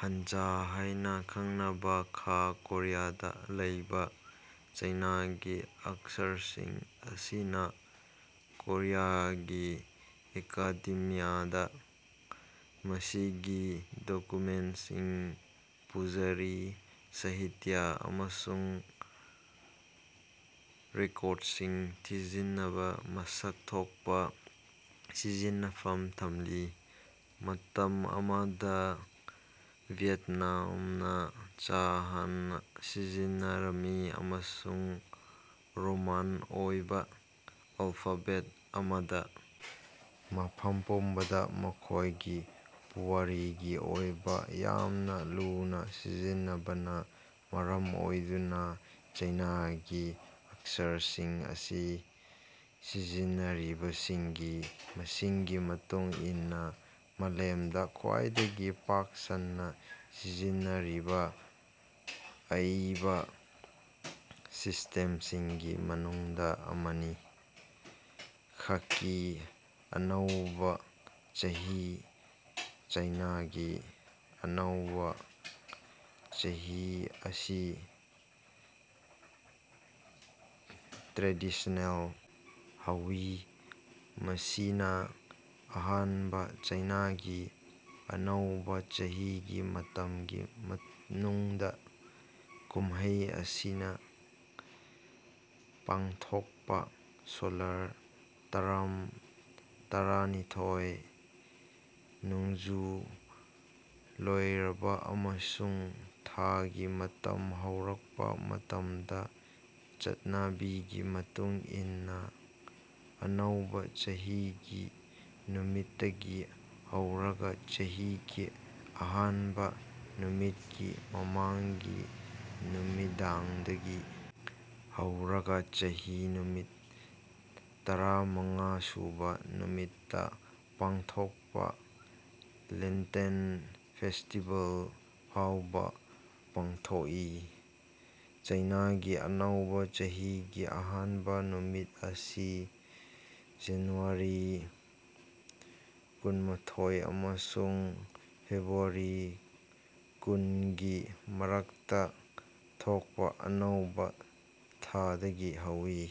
ꯍꯟꯖꯥ ꯍꯥꯏꯅꯥ ꯈꯪꯅꯕꯥ ꯈꯥ ꯀꯣꯔꯤꯌꯥꯗꯥ ꯂꯩꯕꯥ ꯆꯥꯏꯅꯥꯒꯤ ꯑꯛꯁꯔꯁꯤꯡ ꯑꯁꯤꯅꯥ ꯀꯣꯔꯤꯌꯥꯒꯤ ꯑꯦꯀꯥꯗꯦꯃꯤꯌꯥꯗꯥ ꯃꯁꯤꯒꯤ ꯗꯣꯀꯨꯃꯦꯟꯠꯁꯤꯡ ꯄꯨꯋꯥꯔꯤ ꯁꯥꯍꯤꯇ꯭ꯌ ꯑꯃꯁꯨꯡ ꯔꯦꯀꯣꯔꯗꯁꯤꯡ ꯊꯤꯖꯤꯟꯅꯕꯥ ꯃꯁꯛ ꯊꯣꯛꯄꯥ ꯁꯤꯖꯤꯟꯅꯐꯝ ꯊꯝꯂꯤ꯫ ꯃꯇꯝ ꯑꯃꯗꯥ ꯚꯤꯌꯦꯠꯅꯥꯝꯅꯥ ꯆꯥ ꯍꯥꯟ ꯁꯤꯖꯤꯟꯅꯔꯝꯃꯤ ꯑꯃꯁꯨꯡ ꯔꯣꯃꯥꯟ ꯑꯣꯏꯕꯥ ꯑꯜꯐꯥꯕꯦꯠ ꯑꯃꯗꯥ ꯃꯐꯝ ꯄꯨꯝꯕꯗꯥ ꯃꯈꯣꯏꯒꯤ ꯄꯨꯋꯥꯔꯤꯒꯤ ꯑꯣꯏꯕꯥ ꯌꯥꯝꯅꯥ ꯂꯨꯅꯥ ꯁꯤꯖꯤꯟꯅꯕꯅꯥ ꯃꯔꯝ ꯑꯣꯏꯗꯨꯅꯥ ꯆꯥꯏꯅꯥꯒꯤ ꯑꯛꯁꯔꯁꯤꯡ ꯑꯁꯤ ꯁꯤꯖꯤꯟꯅꯔꯤꯕꯁꯤꯡꯒꯤ ꯃꯁꯤꯡꯒꯤ ꯃꯇꯨꯡ ꯏꯟꯅꯥ ꯃꯥꯂꯦꯝꯗꯥ ꯈ꯭ꯋꯥꯏꯗꯒꯤ ꯄꯥꯛ ꯁꯟꯅꯥ ꯁꯤꯖꯤꯟꯅꯔꯤꯕꯥ ꯑꯏꯕꯥ ꯁꯤꯁ꯭ꯇꯦꯝꯁꯤꯡꯒꯤ ꯃꯅꯨꯡꯗꯥ ꯑꯃꯅꯤ꯫ ꯈꯥꯀꯤ ꯑꯅꯧꯕ ꯆꯍꯤ ꯆꯥꯏꯅꯥꯒꯤ ꯑꯅꯧꯕꯥ ꯆꯍꯤꯑꯁꯤ ꯇ꯭ꯔꯦꯗꯤꯁ꯭ꯅꯦꯜ ꯍꯧꯏ ꯃꯁꯤꯅꯥ ꯑꯍꯥꯟꯕ ꯆꯥꯏꯅꯥꯒꯤ ꯑꯅꯧꯕ ꯆꯍꯤꯒꯤ ꯃꯇꯝꯒꯤ ꯃꯅꯨꯡꯗꯥ ꯀꯨꯝꯍꯩ ꯑꯁꯤꯅꯥ ꯄꯥꯡꯊꯣꯛꯄꯥ ꯁꯣꯂꯥꯔ ꯇꯔꯝ ꯇꯔꯥꯅꯤꯊꯣꯏ꯫ ꯅꯣꯡꯖꯨ ꯂꯣꯏꯔꯕꯥ ꯑꯃꯁꯨꯡ ꯊꯥꯒꯤ ꯃꯇꯝ ꯍꯧꯔꯛꯄꯥ ꯃꯇꯝꯗꯥ ꯆꯠꯅꯕꯤꯒꯤ ꯃꯇꯨꯡ ꯏꯟꯅꯥ ꯑꯅꯧꯕ ꯆꯍꯤꯒꯤ ꯅꯨꯃꯤꯠꯇꯒꯤ ꯍꯧꯔꯒꯥ ꯆꯍꯤꯒꯤ ꯑꯍꯥꯟꯕꯥ ꯅꯨꯃꯤꯠꯀꯤ ꯃꯃꯥꯡꯒꯤ ꯅꯨꯃꯤꯗꯥꯡꯗꯒꯤ ꯍꯧꯔꯒꯥ ꯆꯍꯤꯒꯤ ꯅꯨꯃꯤꯠ ꯇꯔꯥꯃꯉꯥꯁꯨꯕ ꯅꯨꯃꯤꯠꯇꯥ ꯄꯥꯡꯊꯣꯛꯄꯥ ꯂꯦꯟꯇꯦꯟ ꯐꯦꯁꯇꯤꯕꯦꯜ ꯐꯥꯎꯕ ꯄꯥꯡꯊꯣꯛꯏ꯫ ꯆꯥꯏꯅꯥꯒꯤ ꯑꯅꯧꯕꯥ ꯆꯍꯤꯒꯤ ꯑꯍꯥꯟꯕ ꯅꯨꯃꯤꯠ ꯑꯁꯤ ꯖꯅꯨꯋꯥꯔꯤ ꯀꯨꯟꯃꯥꯊꯣꯏ ꯑꯃꯁꯨꯡ ꯐꯦꯕ꯭ꯔꯨꯋꯥꯔꯤ ꯀꯨꯟꯒꯤ ꯃꯔꯛꯇꯥ ꯊꯣꯛꯄꯥ ꯑꯅꯧꯕ ꯊꯥꯗꯒꯤ ꯍꯧꯏ꯫